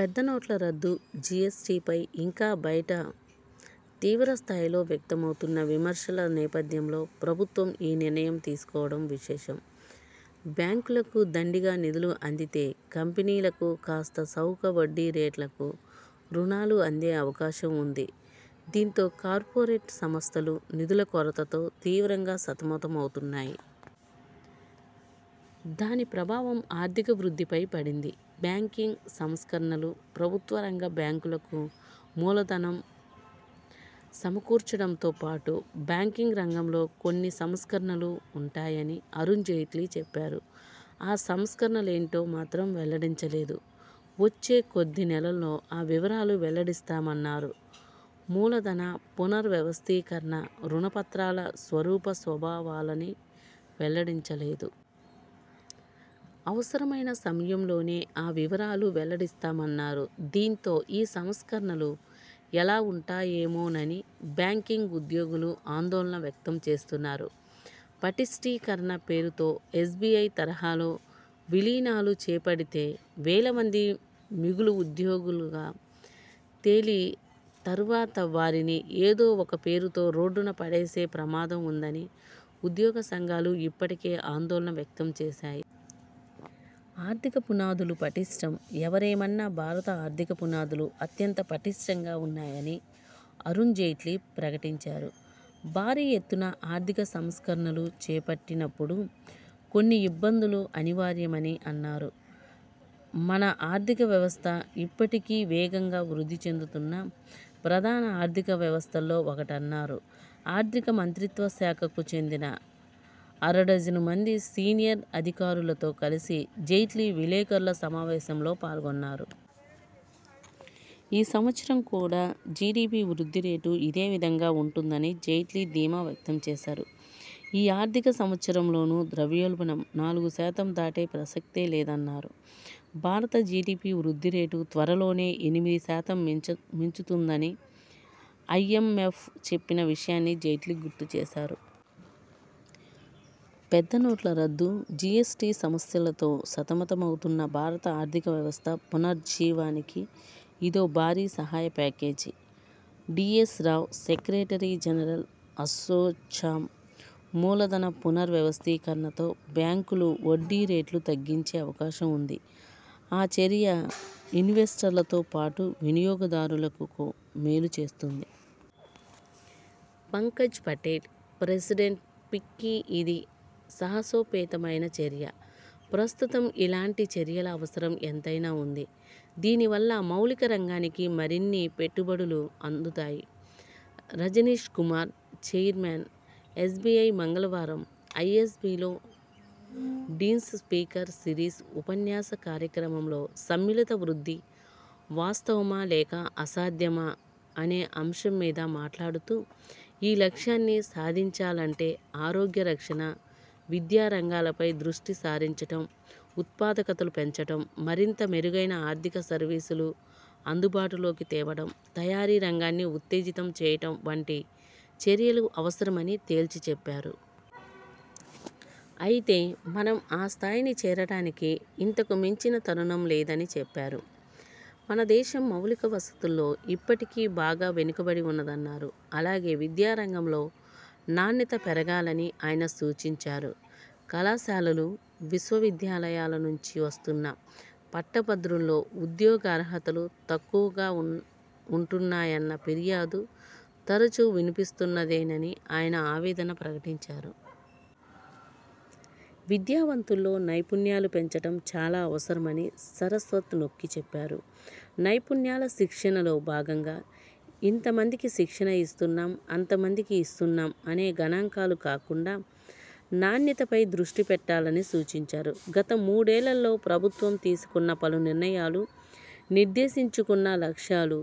పెద్ద నోట్ల రద్దు, జిఎస్టిపై ఇంటా బయట తీవ్రస్థాయిలో వ్యక్తమవుతున్న విమర్శల నేపథ్యంలో ప్రభుత్వం ఈ నిర్ణయం తీసుకోవడం విశేషం. బ్యాంకులకు దండిగా నిధులు అందితే కంపెనీలకు కాస్తా చౌక వడ్డీ రేట్లకు రుణాలు అందే అవకాశం ఉంది. దీంతో కార్పొరేట్ సంస్థలు నిధుల కొరతతో తీవ్రంగా సతమతమవుతున్నాయి. దాని ప్రభావం ఆర్థిక వృద్ధిపై పడింది. బ్యాంకింగ్ సంస్కరణలు ప్రభుత్వ రంగ బ్యాంకులకు మూల ధనం సమకూర్చడంతో పాటు బ్యాంకింగ్ రంగంలో కొన్ని సంస్కరణలూ ఉంటాయని అరుణ్ జైట్లీ చెప్పారు. ఆ సంస్కరణలేంటో మాత్రం వెల్లడించలేదు. వచ్చే కొద్ది నెలల్లో ఆ వివరాలు వెల్లడిస్తామన్నారు. మూలధన పునర్ వ్యవస్థీకరణ రుణ పత్రాల స్వరూప స్వభావాలనీ వెల్లడించలేదు. అవసరమైన సమయంలోనే ఆ వివరాలు వెల్లడిస్తామన్నారు. దీంతో ఈ సంస్కరణలు ఎలా ఉంటాయోనని బ్యాంకింగ్ ఉద్యోగులు ఆందోళన వ్యక్తం చేస్తున్నారు. పటిష్టీకరణ పేరుతో ఎస్బిఐ తరహాలో విలీనాలు చేపడితే వేల మంది మిగులు ఉద్యోగులుగా తేలి తర్వాత వారిని ఏదో ఒక పేరుతో రోడ్డున పడేసే ప్రమాదం ఉందని ఉద్యోగ సంఘాలు ఇప్పటికే ఆందోళన వ్యక్తం చేశాయి. ఆర్థికపునాదులు పటిష్టం ఎవరేమన్నా భారత ఆర్థిక పునాదులు అత్యంత పటిష్టంగా ఉన్నాయని అరుణ్ జైట్లీ ప్రకటించారు. భారీ ఎత్తున ఆర్థిక సంస్కరణలు చేపట్టినప్పుడు కొన్ని ఇబ్బందులు అనివార్యమని అన్నారు. మన ఆర్థిక వ్యవస్థ ఇప్పటికీ వేగంగా వృద్ధి చెందుతున్న ప్రధాన ఆర్థిక వ్యవస్థల్లో ఒకటన్నారు. ఆర్థిక మంత్రిత్వ శాఖకు చెందిన అరడజను మంది సీనియర్ అధికారులతో కలిసి జైట్లీ విలేకరుల సమావేశంలో పాల్గొన్నారు. ఈ సంవత్సరం కూడా జిడిపి వృద్ధి రేటు ఇదే విధంగా ఉంటుందని జైట్లీ ధీమా వ్యక్తం చేశారు. ఈ ఆర్థిక సంవత్సరంలోనూ ద్రవ్యోల్బణం నాలుగు శాతం దాటే ప్రసక్తే లేదన్నారు. భారత జిడిపి వృద్ధి రేటు త్వరలోనే ఎనిమిది శాతం మించుతుందని ఐఎంఎఫ్ చెప్పిన విషయాన్ని జైట్లీ గుర్తు చేశారు. పెద్ద నోట్ల రద్దు, జిఎస్టి సమస్యలతో సతమతమవుతున్న భారత ఆర్థిక వ్యవస్థ పునరుజ్జీవానికి ఇదో భారీ సహాయ package. D S Rawat, secretary general, ASSOCHAM మూల ధన పునర్ వ్యవస్థీకరణతో బ్యాంకులు వడ్డీ రేట్లు తగ్గించే అవకాశం ఉంది. ఆ చర్య ఇన్వెస్టర్లతో పాటు వినియోగదారులకూ మేలు చేస్తుంది. పంకజ్ పటేల్, ప్రెసిడెంట్, ఫిక్కీ ఇది సాహసోపేతమైన చర్య. ప్రస్తుతం ఇలాంటి చర్యల అవసరం ఎంతైనా ఉంది. దీనివల్ల మౌలిక రంగానికి మరిన్ని పెట్టుబడులు అందుతాయి. రజనీష్ కుమార్, చైర్మన్, ఎస్బిఐ మంగళవారం ఐఎ్సబిలో డీన్స్ స్పీకర్ సీరిస్ ఉపన్యాస కార్యక్రమంలో ''సమ్మిళిత వృద్ధి, వాస్తవమా లేక అసాధ్యమా'' అనే అంశం మీద మాట్లాడుతూ ఈ లక్ష్యాన్ని సాధించాలంటే ఆరోగ్య రక్షణ, విద్యా రంగాలపై దృష్టి సారించడం, ఉత్పాదకతలు పెంచడం, మరింత మెరుగైన ఆర్థిక సర్వీసులు అందుబాటులోకి తేవడం, తయారీ రంగాన్ని ఉత్తేజితం చేయడం వంటి చర్యలు అవసరమని తేల్చి చెప్పారు. అయితే మనం ఆ స్థాయిని చేరడానికి ఇంతకు మించిన తరుణం లేదని చెప్పారు. మన దేశం మౌలిక వసతుల్లో ఇప్పటికీ బాగా వెనుకబడి ఉన్నదన్నారు. అలాగే విద్యారంగంలో నాణ్యత పెరగాలని ఆయన సూచించారు. కళాశాలలు, విశ్వవిద్యాలయాల నుం చి వస్తున్న పట్టభద్రుల్లో ఉద్యోగార్హతలు తక్కువగా ఉంటున్నాయన్న ఫిర్యాదు తరచు వినిపిస్తున్నదేనని ఆయన ఆవేదన ప్రకటించారు. విద్యావంతుల్లో నైపుణ్యాలు పెంచడం చాలా అవసరమని సరస్వత్ నొక్కిచెప్పారు. నైపుణ్యాల శిక్షణలో భాగంగా ఇంతమందికి శిక్షణ ఇస్తున్నాం, అంతమందికి ఇస్తున్నాం అనే గణాంకాలు కాకుండా నాణ్యతపై దృష్టి పెట్టాలని సూచించారు. గత మూడేళ్లలో ప్రభుత్వం తీసుకున్న పలు నిర్ణయాలు, నిర్దేశించుకున్న లక్ష్యాలు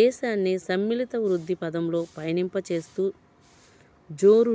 దేశాన్ని సమ్మిళిత వృద్ధి పథంలో పయనింపచేస్తూ జోరును